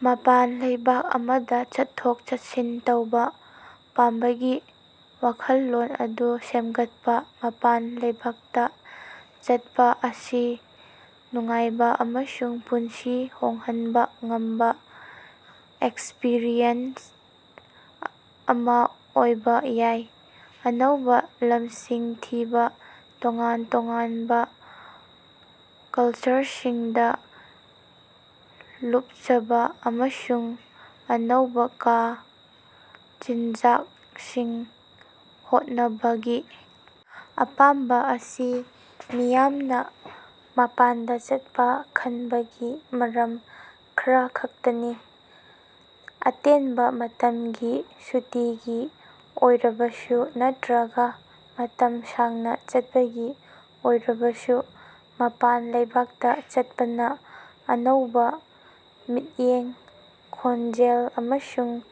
ꯃꯄꯥꯟ ꯂꯩꯕꯥꯛ ꯑꯃꯗ ꯆꯠꯊꯣꯛ-ꯆꯠꯁꯤꯟ ꯇꯧꯕ ꯄꯥꯝꯕꯒꯤ ꯋꯥꯈꯜꯂꯣꯟ ꯑꯗꯨ ꯁꯦꯝꯒꯠꯄ꯫ ꯃꯄꯥꯟ ꯂꯩꯕꯥꯛꯇ ꯆꯠꯄ ꯑꯁꯤ ꯅꯨꯡꯉꯥꯏꯕ ꯑꯃꯁꯨꯡ ꯄꯨꯟꯁꯤ ꯍꯣꯡꯍꯟꯕ ꯉꯝꯕ ꯑꯦꯛꯁꯄꯔꯤꯌꯦꯟꯁ ꯑꯃ ꯑꯣꯏꯕ ꯌꯥꯏ꯫ ꯑꯅꯧꯕ ꯂꯝꯁꯤꯡ ꯊꯤꯕ, ꯇꯣꯉꯥꯟ ꯇꯣꯉꯥꯟꯕ ꯀꯜꯆꯔꯁꯤꯡꯗ ꯂꯨꯄꯆꯕ ꯑꯃꯁꯨꯡ ꯑꯅꯧꯕꯀ ꯆꯤꯟꯖꯥꯛꯁꯤꯡ ꯍꯣꯠꯅꯕꯒꯤ ꯑꯄꯥꯝꯕ ꯑꯁꯤ ꯃꯤꯌꯥꯝꯅ ꯃꯄꯥꯟꯗ ꯆꯠꯄ ꯈꯟꯕꯒꯤ ꯃꯔꯝ ꯈꯔꯈꯛꯇꯅꯤ꯫ ꯑꯇꯦꯟꯕ ꯃꯇꯝꯒꯤ ꯁꯨꯇꯤꯒꯤ ꯑꯣꯏꯔꯕꯁꯨ ꯅꯠꯇ꯭ꯔꯒ ꯃꯇꯝ ꯁꯥꯡꯅ ꯆꯠꯄꯒꯤ ꯑꯣꯏꯔꯕꯁꯨ ꯃꯄꯥꯟ ꯂꯩꯕꯥꯛꯇ ꯆꯠꯄꯅ ꯑꯅꯧꯕ ꯃꯤꯠꯌꯦꯡ, ꯈꯣꯟꯖꯦꯜ ꯑꯃꯁꯨꯡ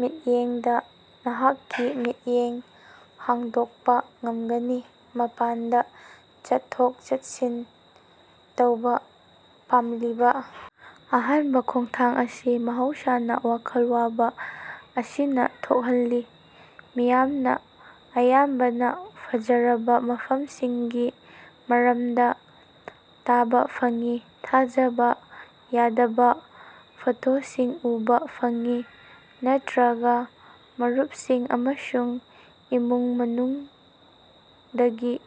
ꯃꯤꯠꯌꯦꯡꯗ ꯅꯍꯥꯛꯀꯤ ꯃꯤꯠꯌꯦꯡ ꯍꯥꯡꯗꯣꯛꯄ ꯉꯝꯒꯅꯤ꯫ ꯃꯄꯥꯟꯗ ꯆꯠꯊꯣꯛ-ꯆꯠꯁꯤꯟ ꯇꯧꯕ ꯄꯥꯝꯂꯤꯕ ꯑꯍꯥꯟꯕ ꯈꯣꯡꯊꯥꯡ ꯑꯁꯤ ꯃꯍꯧꯁꯥꯅ ꯋꯥꯈꯜ ꯋꯥꯕ ꯑꯁꯤꯅ ꯊꯣꯛꯍꯜꯂꯤ꯫ ꯃꯤꯌꯥꯝꯅ ꯑꯌꯥꯝꯕꯅ ꯐꯖꯔꯕ ꯃꯐꯝꯁꯤꯡꯒꯤ ꯃꯔꯝꯗ ꯇꯥꯕ ꯐꯪꯏ꯫ ꯊꯥꯖꯕ ꯌꯥꯗꯕ ꯐꯣꯇꯣꯁꯤꯡ ꯎꯕ ꯐꯪꯏ ꯅꯠꯠꯜꯇ꯭ꯔꯒ ꯃꯔꯨꯄꯁꯤꯡ ꯑꯃꯁꯨꯡ ꯏꯃꯨꯡ ꯃꯅꯨꯡꯗꯒꯤ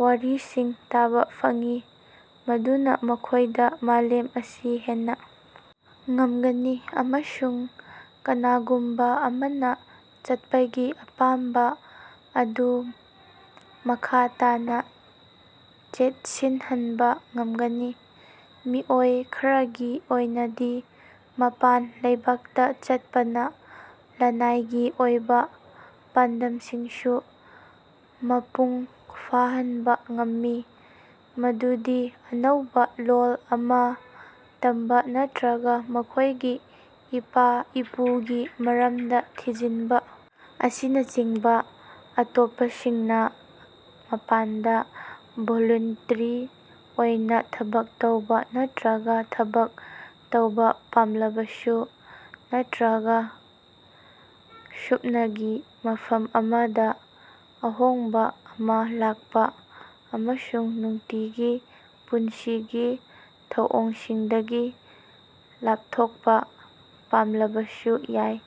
ꯋꯥꯔꯤꯁꯤꯡ ꯇꯥꯕ ꯐꯪꯏ꯫ ꯃꯗꯨꯅ ꯃꯈꯣꯏꯗ ꯃꯥꯂꯦꯝ ꯑꯁꯤ ꯍꯦꯟꯅ ꯉꯝꯒꯅꯤ꯫ ꯑꯃꯁꯨꯡ ꯀꯅꯥꯒꯨꯝꯕ ꯑꯃꯅ ꯆꯠꯄꯒꯤ ꯑꯄꯥꯝꯕ ꯑꯗꯨ ꯃꯈꯥ ꯇꯥꯅ ꯆꯦꯠꯁꯤꯠꯍꯟꯕ ꯉꯝꯒꯅꯤ꯫ ꯃꯤꯑꯣꯏ ꯈꯔꯒꯤ ꯑꯣꯏꯅꯗꯤ ꯃꯄꯥꯟ ꯂꯩꯕꯥꯛꯇꯥ ꯆꯠꯄꯅ ꯂꯅꯥꯏꯒꯤ ꯑꯣꯏꯕ ꯄꯥꯟꯗꯝꯁꯤꯡꯁꯨ ꯃꯄꯨꯡ ꯐꯥꯍꯟꯕ ꯉꯝꯃꯤ꯫ ꯃꯗꯨꯗꯤ ꯑꯅꯧꯕ ꯂꯣꯜ ꯑꯃ ꯇꯝꯕ ꯅꯠꯇ꯭ꯔꯒ ꯃꯈꯣꯏꯒꯤ ꯏꯄꯥ-ꯏꯄꯨꯒꯤ ꯃꯔꯝꯗ ꯊꯤꯖꯤꯟꯕ ꯑꯁꯤꯅꯆꯤꯡꯕꯥ꯫ ꯑꯇꯣꯞꯄꯁꯤꯡꯅ ꯃꯄꯥꯟꯗ ꯚꯣꯂꯨꯟꯇꯔꯤ ꯑꯣꯏꯅ ꯊꯕꯛ ꯇꯧꯕ ꯅꯠꯇ꯭ꯔꯒ ꯊꯕꯛ ꯇꯧꯕ ꯄꯥꯝꯂꯕꯁꯨ ꯅꯠꯇ꯭ꯔꯒ ꯁꯨꯞꯅꯒꯤ ꯃꯐꯝ ꯑꯃꯗ ꯑꯍꯣꯡꯕ ꯑꯃ ꯂꯥꯛꯄ ꯑꯃꯁꯨꯡ ꯅꯨꯡꯇꯤꯒꯤ ꯄꯨꯟꯁꯤꯒꯤ ꯊꯧꯑꯣꯡꯁꯤꯡꯗꯒꯤ ꯂꯥꯄꯊꯣꯛꯄ ꯄꯥꯝꯂꯕꯁꯨ ꯌꯥꯏ꯫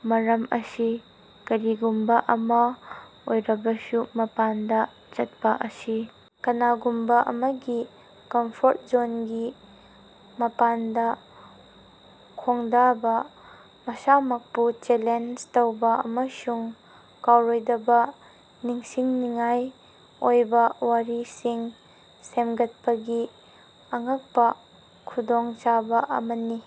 ꯃꯔꯝ ꯑꯁꯤ ꯀꯔꯤꯒꯨꯝꯕ ꯑꯃ ꯑꯣꯏꯔꯕꯁꯨ, ꯃꯄꯥꯟꯗ ꯆꯠꯄ ꯑꯁꯤ ꯀꯅꯥꯒꯨꯝꯕ ꯑꯃꯒꯤ ꯀꯝꯐꯣꯔꯠ ꯖꯣꯟꯒꯤ ꯃꯄꯥꯟꯗ ꯈꯣꯡꯗꯥꯕ ꯃꯁꯥꯃꯛꯄꯨ ꯆꯦꯂꯦꯟꯖ ꯇꯧꯕ ꯑꯃꯁꯨꯡ ꯀꯥꯎꯔꯣꯏꯗꯕ ꯅꯤꯡꯁꯤꯡꯅꯤꯡꯉꯥꯏ ꯑꯣꯏꯕ ꯋꯥꯔꯤꯁꯤꯡ ꯁꯦꯝꯒꯠꯄꯒꯤ ꯑꯉꯛꯄ ꯈꯨꯗꯣꯡꯆꯥꯕ ꯑꯃꯅꯤ꯫